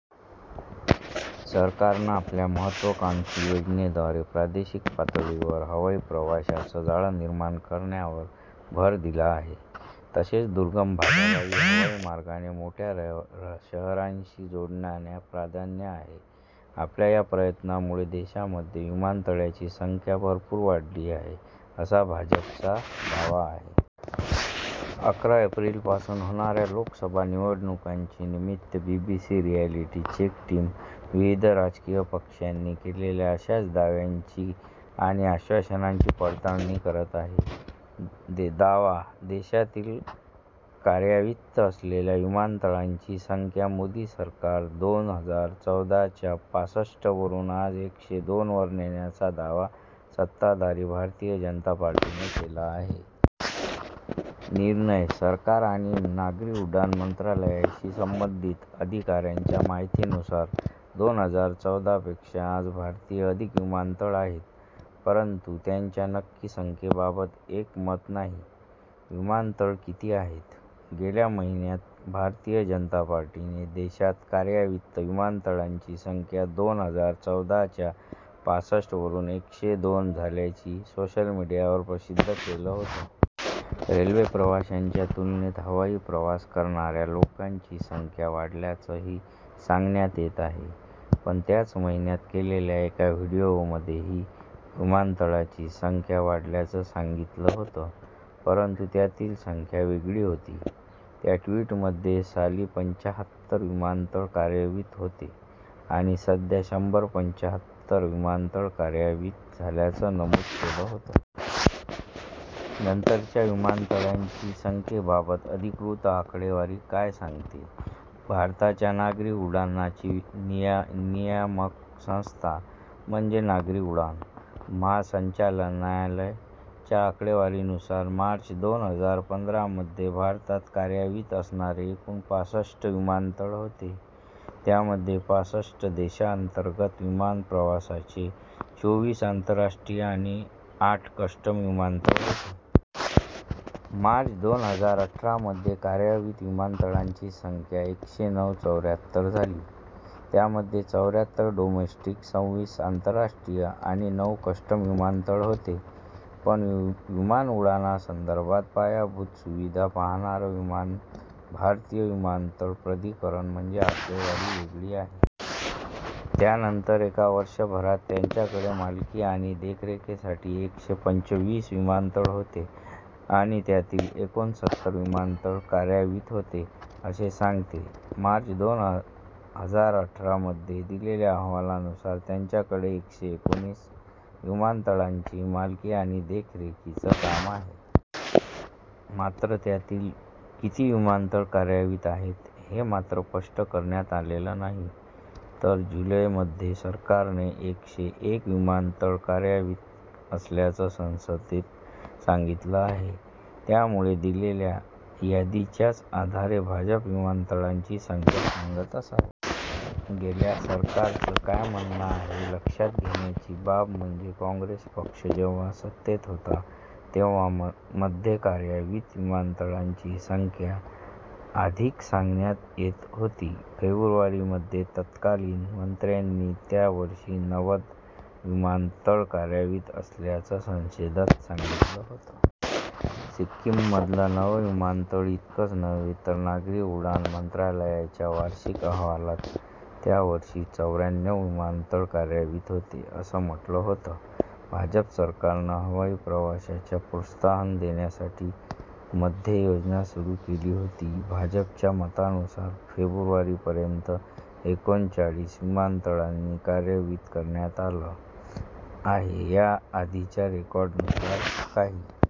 सरकारनं आपल्या महत्त्वाकांक्षी योजनेद्वारे प्रादेशिक पातळीवर हवाई प्रवासाचं जाळं निर्माण करण्यावर भर दिला आहे. तसेच दुर्गम भागालाही हवाई मार्गाने मोठ्या शहरांशी जोडण्याला प्राधान्य आहे. आपल्या या प्रयत्नांमुळे देशामध्ये विमानतळांची संख्या भरपूर वाढली आहे, असा भाजपचा दावा आहे. अकरा एप्रिलपासून होणाऱ्या लोकसभा निवडणुकांच्या निमित्त बीबीसी रिअॅलिटी चेक टीम विविध राजकीय पक्षांनी केलेल्या अशाच दाव्यांची आणि आश्वासनांची पडताळणी करत आहे. दावाः देशातील कार्यान्वित असलेल्या विमानतळांची संख्या मोदी सरकारने दोन हजार चौदा च्या पासष्ट वरून आज एकशे दोन वर नेल्याचा दावा सत्ताधारी भारतीय जनता पार्टीने केला आहे. निर्णयः सरकार आणि नागरी उड्डाण मंत्रालयाशी संबंधित अधिकाऱ्यांच्या माहितीनुसार दोन हजार चौदा पेक्षा आज भारतात अधिक विमानतळ आहेत. परंतु त्यांच्या नक्की संख्येबाबत एकमत नाही. विमानतळं किती आहेत? गेल्या महिन्यात भारतीय जनता पार्टीने देशात कार्यान्वित विमानतळांची संख्या दोन हजार चौदा च्या पासष्ट वरून एकशे दोन झाल्याचं सोशल मीडियावर प्रसिद्ध केलं होतं. रेल्वेप्रवाशांच्या तुलनेत हवाई प्रवास करणाऱ्या लोकांची संख्या वाढल्याचंही सांगण्यात येत आहे. पण त्याच महिन्यात केलेल्या एका व्हीडिओमध्येही विमानतळांची संख्या वाढल्याचं सांगितलं होतं. परंतु त्यातील संख्या वेगळी होती. त्या ट्वीटमध्ये साली पंच्याहत्तर विमानतळ कार्यान्वित होते आणि सध्या शंभर पंच्याहत्तर विमानतळ कार्यान्वित झाल्याचं नमूद केलं होतं. नंतरच्या विमानतळांच्या संख्येबाबत अधिकृत आकडेवारी काय सांगते? भारताच्या नागरी उड्डाणाची नियामक संस्था, म्हणजे नागरी उड्डाण महासंचालनालय च्या आकडेवारीनुसार, मार्च दोन हजार पंधरा मध्ये भारतात कार्यान्वित असणारे एकूण पासष्ट विमानतळ होते. त्यामध्ये पासष्ट देशांतर्गत विमानप्रवासाचे, चोवीस आंतरराष्ट्रीय आणि आठ कस्टम विमानतळ होते. मार्च दोन हजार अठरा मध्ये कार्यान्वित विमानतळांची संख्या एकशे नऊ चौऱ्याहत्तर झाली. त्यामध्ये चौऱ्याहत्तर डोमेस्टिक, संविस आंतरराष्ट्रीय आणि नऊ कस्टम विमानतळ होते. पण विमानउड्डाणासंदर्भात पायाभूत सुविधा पाहाणारं भारतीय विमानतळ प्राधिकरण म्हणजे आकडेवारी वेगळी आहे. त्यानंतर एका वर्षभरामध्ये त्यांच्याकडे मालकी आणि देखरेखीसाठी एकशे पंचवीस विमानतळ होते आणि त्यातील एकोणसत्तर विमानतळ कार्यान्वित होते, असे सांगते. मार्च दोन हजार अठरा मध्ये दिलेल्या अहवालानुसार, त्यांच्याकडे एकशे एकोणतीस विमानतळांची मालकी आणि देखरेखीच काम आहे. मात्र त्यातील किती विमानतळ कार्यान्वित आहेत, हे मात्र स्पष्ट करण्यात आलेलं नाही. तर जुलै मध्ये सरकारने एकशे एक विमानतळ कार्यान्वित असल्याचं संसदेत सांगितलं आहे. त्यामुळं दिलेल्या यादीच्याच आधारे भाजप विमानतळांची संख्या सांगत असावं. गेल्या सरकारचं काय म्हणणं आहे? लक्षात घेण्याची बाब म्हणजे काँग्रेस पक्ष जेव्हा सत्तेत होता, तेव्हा मध्ये कार्यान्वित विमानतळांची संख्या अधिक सांगण्यात येत होती. फेब्रुवारी मध्ये तत्कालीन मंत्र्यांनी त्या वर्षी नवद विमानतळ कार्यान्वित असल्याचं संसदेत सांगितलं होतं. सिक्किममधलं नवं विमानतळ इतकंच नव्हे तर नागरी उड्डाण मंत्रालयाच्या वार्षिक अहवालात त्यावर्षी चौऱ्याण्णव विमानतळ कार्यान्वित होते, असं म्हटलं होतं. भाजप सरकारनं हवाई प्रवासाला प्रोत्साहन देण्यासाठी मध्ये योजना सुरू केली होती. भाजपच्या मतानुसार, फेब्रुवारी पर्यंत एकोणचाळीस विमानतळांना कार्यान्वित करण्यात आलं आहे. या आधीच्या रेकॉर्डनुसार काही